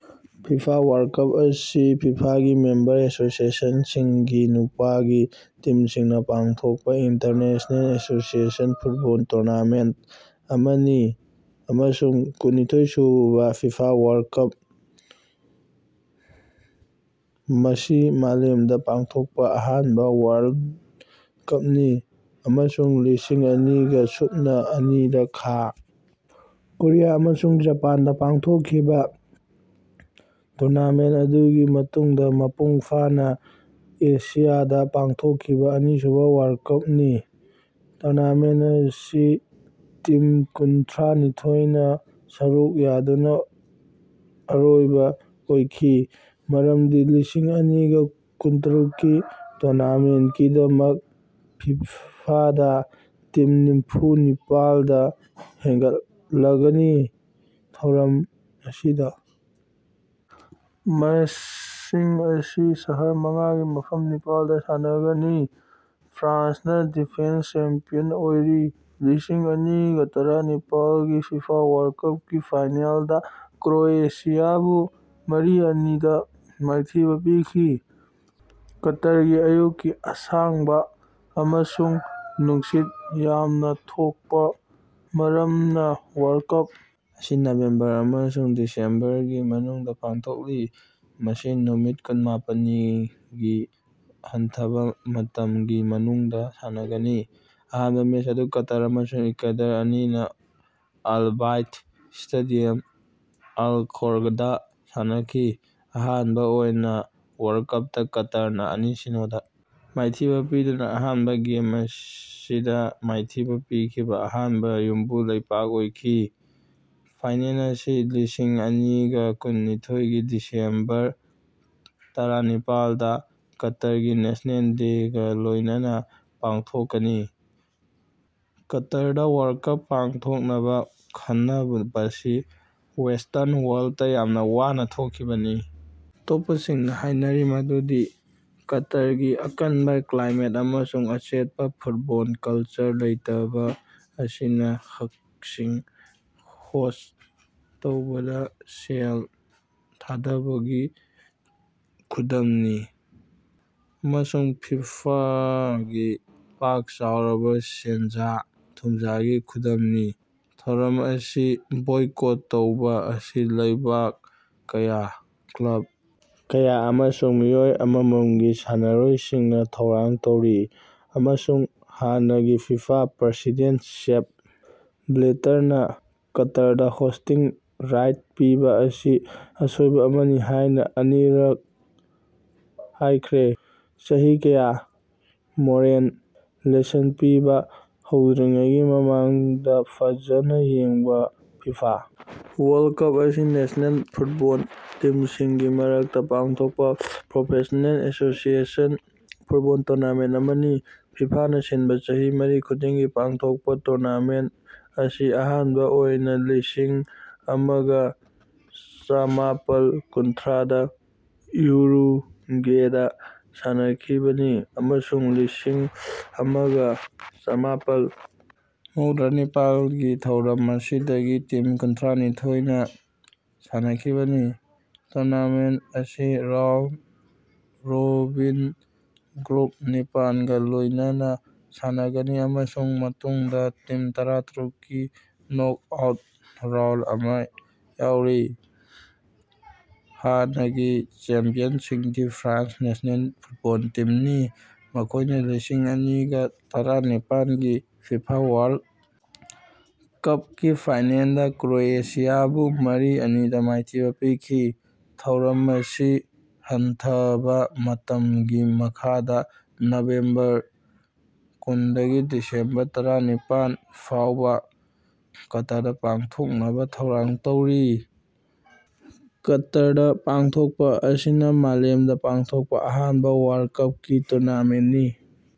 FIFA world cup ꯑꯁꯤ ꯐꯤꯐꯥꯒꯤ member ꯑꯦꯁꯣꯁꯤꯑꯦꯁꯟꯁꯤꯡꯒꯤ ꯅꯨꯄꯥꯒꯤ ꯇꯤꯝꯁꯤꯡꯅꯥ ꯄꯥꯡꯊꯣꯛꯄꯥ ꯏꯟꯇꯔꯅꯦꯁꯅꯦꯜ ꯑꯦꯁꯣꯁꯤꯑꯦꯁꯟ ꯐꯨꯠꯕꯣꯜ ꯇꯨꯔꯅꯥꯃꯦꯟ ꯑꯃꯅꯤ, ꯑꯃꯁꯨꯡ ꯀꯨꯟꯅꯤꯊꯣꯏ ꯁꯨꯕꯥ ꯐꯤꯐꯥ ꯋꯥꯔꯜ ꯀꯞꯅꯤ꯫ ꯃꯁꯤ ꯃꯥꯂꯦꯝꯗꯥ ꯄꯥꯡꯊꯣꯛꯄ ꯑꯍꯥꯟꯕ ꯋꯥꯔꯜꯗ ꯀꯞꯅꯤ, ꯑꯃꯁꯨꯡ ꯂꯤꯁꯤꯡ ꯑꯅꯤꯒ ꯁꯨꯞꯅꯥ ꯑꯅꯤꯗꯥ ꯈꯥ ꯀꯣꯔꯤꯌꯥ ꯑꯃꯁꯨꯡ ꯖꯄꯥꯟꯗ ꯄꯥꯡꯊꯣꯛꯈꯤꯕ ꯇꯨꯔꯅꯥꯃꯦꯟ ꯑꯗꯨꯒꯤ ꯃꯇꯨꯡꯗ ꯃꯄꯨꯡ ꯐꯥꯅ ꯑꯦꯁꯤꯌꯥꯗ ꯄꯥꯡꯊꯣꯛꯈꯤꯕ ꯑꯅꯤꯁꯨꯕ ꯋꯥꯔꯜ ꯀꯞꯅꯤ꯫ ꯇꯨꯔꯅꯥꯃꯦꯟ ꯑꯁꯤ ꯇꯤꯝ ꯀꯨꯟꯊ꯭ꯔꯥꯅꯤꯊꯣꯏꯅꯥ ꯁꯔꯨꯛ ꯌꯥꯗꯨꯅ ꯑꯔꯣꯏꯕ ꯑꯣꯏꯈꯤ, ꯃꯔꯝꯗꯤ ꯂꯤꯁꯤꯡ ꯑꯅꯤꯒ ꯀꯨꯟꯇꯔꯨꯛꯀꯤ ꯇꯨꯔꯅꯥꯃꯦꯟꯀꯤꯗꯃꯛ ꯐꯤꯐꯥꯗ ꯇꯤꯝ ꯅꯤꯐꯨꯅꯤꯄꯥꯟꯗꯥ ꯍꯦꯟꯒꯠꯂꯒꯅꯤ꯫ ꯊꯧꯔꯝ ꯑꯁꯤꯗ ꯃꯦꯁꯁꯤꯡ ꯑꯁꯤ ꯁꯍꯔ ꯃꯉꯥꯒꯤ ꯃꯐꯝ ꯅꯤꯄꯥꯜꯗ ꯁꯥꯟꯅꯒꯅꯤ꯫ ꯐ꯭ꯔꯥꯟꯁꯅꯥ ꯗꯤꯐꯦꯟꯁ ꯆꯦꯝꯄꯤꯌꯟ ꯑꯣꯏꯔꯤ, ꯂꯤꯁꯤꯡ ꯑꯅꯤꯒ ꯇꯔꯥꯅꯤꯄꯥꯜꯒꯤ ꯐꯤꯐꯥ ꯋꯥꯔꯜ ꯀꯞꯀꯤ ꯐꯥꯏꯅꯦꯜꯗꯥ ꯀ꯭ꯔꯣꯌꯦꯁꯤꯌꯥꯕꯨ ꯃꯔꯤ-ꯑꯅꯤ ꯗꯥ ꯃꯥꯏꯊꯤꯕ ꯄꯤꯈꯤ꯫ ꯀꯇꯥꯔꯒꯤ ꯑꯌꯨꯛꯀꯤ ꯑꯁꯥꯡꯕ ꯑꯃꯁꯨꯡ ꯅꯨꯡꯁꯤꯠ ꯌꯥꯝꯅ ꯊꯣꯛꯄ ꯃꯔꯝꯅ ꯋꯥꯔꯜ ꯀꯞ ꯑꯁꯤ ꯅꯕꯦꯝꯕꯔ ꯑꯃꯁꯨꯡ ꯗꯤꯁꯦꯝꯕꯔꯒꯤ ꯃꯅꯨꯡꯗꯥ ꯄꯥꯡꯊꯣꯛꯂꯤ꯫ ꯃꯁꯤ ꯅꯨꯃꯤꯠ ꯀꯨꯟꯃꯥꯄꯜꯅꯤꯒꯤ ꯍꯟꯊꯕ ꯃꯇꯝꯒꯤ ꯃꯅꯨꯡꯗ ꯁꯥꯟꯅꯒꯅꯤ꯫ ꯑꯍꯥꯟꯕ ꯃꯦꯁ ꯑꯗꯨ ꯀꯇꯥꯔ ꯑꯃꯁꯨꯡ ꯏꯀ꯭ꯨꯋꯥꯗꯣꯔ ꯑꯅꯤꯅ ꯑꯜ ꯕꯥꯏꯠ ꯁ꯭ꯇꯦꯗꯤꯌꯝ, ꯑꯜ ꯈꯣꯔꯗꯥ ꯁꯥꯟꯅꯈꯤ꯫ ꯑꯍꯥꯟꯕ ꯑꯣꯏꯅ ꯋꯥꯔꯜ ꯀꯞꯇꯥ ꯀꯇꯥꯔꯅꯥ ꯑꯅꯤ-ꯁꯤꯅꯣ ꯗ ꯃꯥꯏꯊꯤꯕ ꯄꯤꯗꯨꯅ ꯑꯍꯥꯟꯕ ꯒꯦꯝ ꯑꯁꯤꯗ ꯃꯥꯏꯊꯤꯕ ꯄꯤꯈꯤꯕ ꯑꯍꯥꯟꯕ ꯌꯨꯝꯕꯨ ꯂꯩꯄꯥꯛ ꯑꯣꯏꯈꯤ꯫ ꯐꯥꯏꯅꯦꯜ ꯑꯁꯤ ꯂꯤꯁꯤꯡ ꯑꯅꯤꯒ ꯀꯨꯟꯅꯤꯊꯣꯏꯒꯤ ꯗꯤꯁꯦꯝꯕꯔ ꯇꯔꯥꯅꯤꯄꯥꯜꯗ ꯀꯇꯥꯔꯒꯤ ꯅꯦꯁꯅꯦꯜ ꯗꯦꯒꯥ ꯂꯣꯏꯅꯅ ꯄꯥꯡꯊꯣꯛꯀꯅꯤ꯫ ꯀꯇꯥꯔꯗꯥ ꯋꯥꯔꯜ ꯀꯞ ꯄꯥꯡꯊꯣꯛꯅꯕ ꯈꯟꯅꯕꯁꯤ ꯋꯦꯁꯇ꯭ꯔꯟ ꯋꯥꯔꯜꯇ ꯌꯥꯝꯅ ꯋꯥꯅ ꯊꯣꯛꯈꯤꯕꯅꯤ꯫ ꯑꯇꯣꯞꯄꯁꯤꯡꯅ ꯍꯥꯏꯔꯤ ꯃꯗꯨꯗꯤ ꯀꯇꯥꯔꯒꯤ ꯑꯀꯟꯕ ꯀ꯭ꯂꯥꯏꯃꯦꯠ ꯑꯃꯁꯨꯡ ꯑꯆꯦꯠꯄꯥ ꯐꯨꯠꯕꯣꯜ ꯀꯜꯆꯔ ꯂꯩꯇꯕꯥ ꯑꯁꯤꯅ ꯍꯛꯁꯤꯡ ꯍꯣꯁ꯭ꯠ ꯇꯧꯕꯗꯥ ꯁꯦꯜ ꯊꯥꯗꯕꯒꯤ ꯈꯨꯗꯝꯅꯤ ꯑꯃꯁꯨꯡ ꯐꯤꯐꯥꯒꯤ ꯄꯥꯛ ꯆꯥꯎꯔꯕ ꯁꯦꯟꯖꯥ- ꯊꯨꯝꯖꯥꯒꯤ ꯈꯨꯗꯝꯅꯤ꯫ ꯊꯧꯔꯝ ꯑꯁꯤ ꯕꯣꯏꯀꯣꯠ ꯇꯧꯕ ꯑꯁꯤ ꯂꯩꯕꯥꯛ ꯀꯌꯥ, ꯀ꯭ꯂꯕ ꯀꯌꯥ ꯑꯃꯁꯨꯡ ꯃꯤꯑꯣꯏ ꯑꯃꯃꯝꯒꯤ ꯁꯥꯟꯅꯔꯣꯏꯁꯤꯡꯅ ꯊꯧꯔꯥꯡ ꯇꯧꯔꯤ, ꯑꯃꯁꯨꯡ ꯍꯥꯟꯅꯒꯤ ꯐꯤꯐꯥ ꯄ꯭ꯔꯁꯤꯗꯦꯟ ꯁꯦꯞ ꯕ꯭ꯂꯦꯇꯔꯅꯥ ꯀꯇꯥꯔꯗ ꯍꯣꯁ꯭ꯇꯤꯡ ꯔꯥꯏꯠ ꯄꯤꯕ ꯑꯁꯤ ꯑꯁꯣꯏꯕ ꯑꯃꯅꯤ ꯍꯥꯏꯅ ꯑꯅꯤꯔꯛ ꯍꯥꯏꯈ꯭ꯔꯦ꯫ ꯆꯍꯤ ꯀꯌꯥ, ꯃꯣꯔꯦꯜ ꯂꯦꯁꯟ ꯄꯤꯕꯥ ꯍꯧꯗ꯭ꯔꯤꯉꯩꯒꯤ ꯃꯃꯥꯡꯗ ꯐꯖꯅ ꯌꯦꯡꯕ ꯐꯤꯐꯥ ꯋꯥꯔꯜꯗ ꯀꯞ ꯑꯁꯤ ꯅꯦꯁꯅꯦꯜ ꯐꯨꯠꯕꯣꯜ ꯇꯤꯝꯁꯤꯡꯒꯤ ꯃꯔꯛꯇ ꯄꯥꯡꯊꯣꯛꯄ ꯄ꯭ꯔꯣꯐꯦꯁ꯭ꯅꯦꯜ ꯑꯦꯁꯣꯁꯤꯑꯦꯁꯟ ꯐꯨꯠꯕꯣꯜ ꯇꯨꯔꯅꯥꯃꯦꯟ ꯑꯃꯅꯤ꯫ ꯐꯤꯐꯥꯅ ꯁꯤꯟꯕ ꯆꯍꯤ ꯃꯔꯤ ꯈꯨꯗꯤꯡꯒꯤ ꯄꯥꯡꯊꯣꯛꯄ ꯇꯨꯔꯅꯥꯃꯦꯟ ꯑꯁꯤ ꯑꯍꯥꯟꯕ ꯑꯣꯏꯅ ꯂꯤꯁꯤꯡ ꯑꯃꯒꯥ ꯆꯃꯥꯄꯜ ꯀꯨꯟꯊ꯭ꯔꯥꯗ ꯎꯔꯨꯒꯨꯋꯦꯗꯥ ꯁꯥꯟꯅꯈꯤꯕꯅꯤ, ꯑꯃꯁꯨꯡ ꯂꯤꯁꯤꯡ ꯑꯃꯒꯥ ꯆꯃꯥꯄꯜ ꯃꯧꯗ꯭ꯔꯥꯅꯤꯄꯥꯜꯒꯤ ꯊꯧꯔꯝ ꯑꯁꯤꯗꯒꯤ ꯇꯤꯝ ꯀꯨꯟꯊ꯭ꯔꯥꯅꯤꯊꯣꯏꯅꯥ ꯁꯥꯟꯅꯈꯤꯕꯅꯤ꯫ ꯇꯨꯔꯅꯥꯃꯦꯟ ꯑꯁꯤ ꯔꯥꯎꯟ-ꯔꯣꯕꯤꯟ ꯒ꯭ꯔꯨꯞ ꯅꯤꯄꯥꯜꯒꯥ ꯂꯣꯏꯅꯅꯥ ꯁꯥꯟꯅꯒꯅꯤ ꯑꯃꯁꯨꯡ ꯃꯇꯨꯡꯗꯥ ꯇꯤꯝ ꯇꯔꯥꯇꯔꯨꯛꯀꯤ ꯅꯣꯛꯑꯥꯎꯠ ꯔꯥꯎꯟ ꯑꯃ ꯌꯥꯎꯔꯤ꯫ ꯍꯥꯟꯅꯒꯤ ꯆꯦꯝꯄꯤꯌꯟꯁꯤꯡꯗꯤ ꯐ꯭ꯔꯥꯟꯁꯀꯤ ꯅꯦꯁ꯭ꯅꯦꯜ ꯐꯨꯠꯕꯣꯜ ꯇꯤꯝꯅꯤ, ꯃꯈꯣꯢꯅ ꯂꯤꯁꯤꯡ ꯑꯅꯤꯒ ꯇꯔꯥꯅꯤꯄꯥꯜꯒꯤ ꯐꯤꯐꯥ ꯋꯥꯔꯜ ꯀꯞꯀꯤ ꯐꯥꯏꯅꯦꯜꯗꯥ ꯀ꯭ꯔꯣꯌꯦꯁꯤꯌꯥꯕꯨ ꯃꯔꯤ- ꯑꯅꯤ ꯗꯥ ꯃꯥꯏꯊꯤꯕ ꯄꯤꯈꯤ꯫ ꯊꯧꯔꯝ ꯑꯁꯤ ꯍꯟꯊꯕ ꯃꯇꯝꯒꯤ ꯃꯈꯥꯗ, ꯅꯕꯦꯝꯕꯔ ꯀꯨꯟꯗꯒꯤ ꯗꯤꯁꯦꯝꯕꯔ ꯇꯔꯥꯅꯤꯄꯥꯜ ꯐꯥꯎꯕ ꯀꯇꯥꯔꯗꯥ ꯄꯥꯡꯊꯣꯛꯅꯕ ꯊꯧꯔꯥꯡ ꯇꯧꯔꯤ꯫ ꯀꯇꯥꯔꯗꯥ ꯄꯥꯡꯊꯣꯛꯄ ꯑꯁꯤꯅ ꯃꯥꯂꯦꯝꯗꯥ ꯄꯥꯡꯊꯣꯛꯄ ꯑꯍꯥꯟꯕ ꯋꯥꯔꯜꯗ ꯀꯞꯀꯤ ꯇꯨꯔꯅꯥꯃꯦꯟꯅꯤ꯫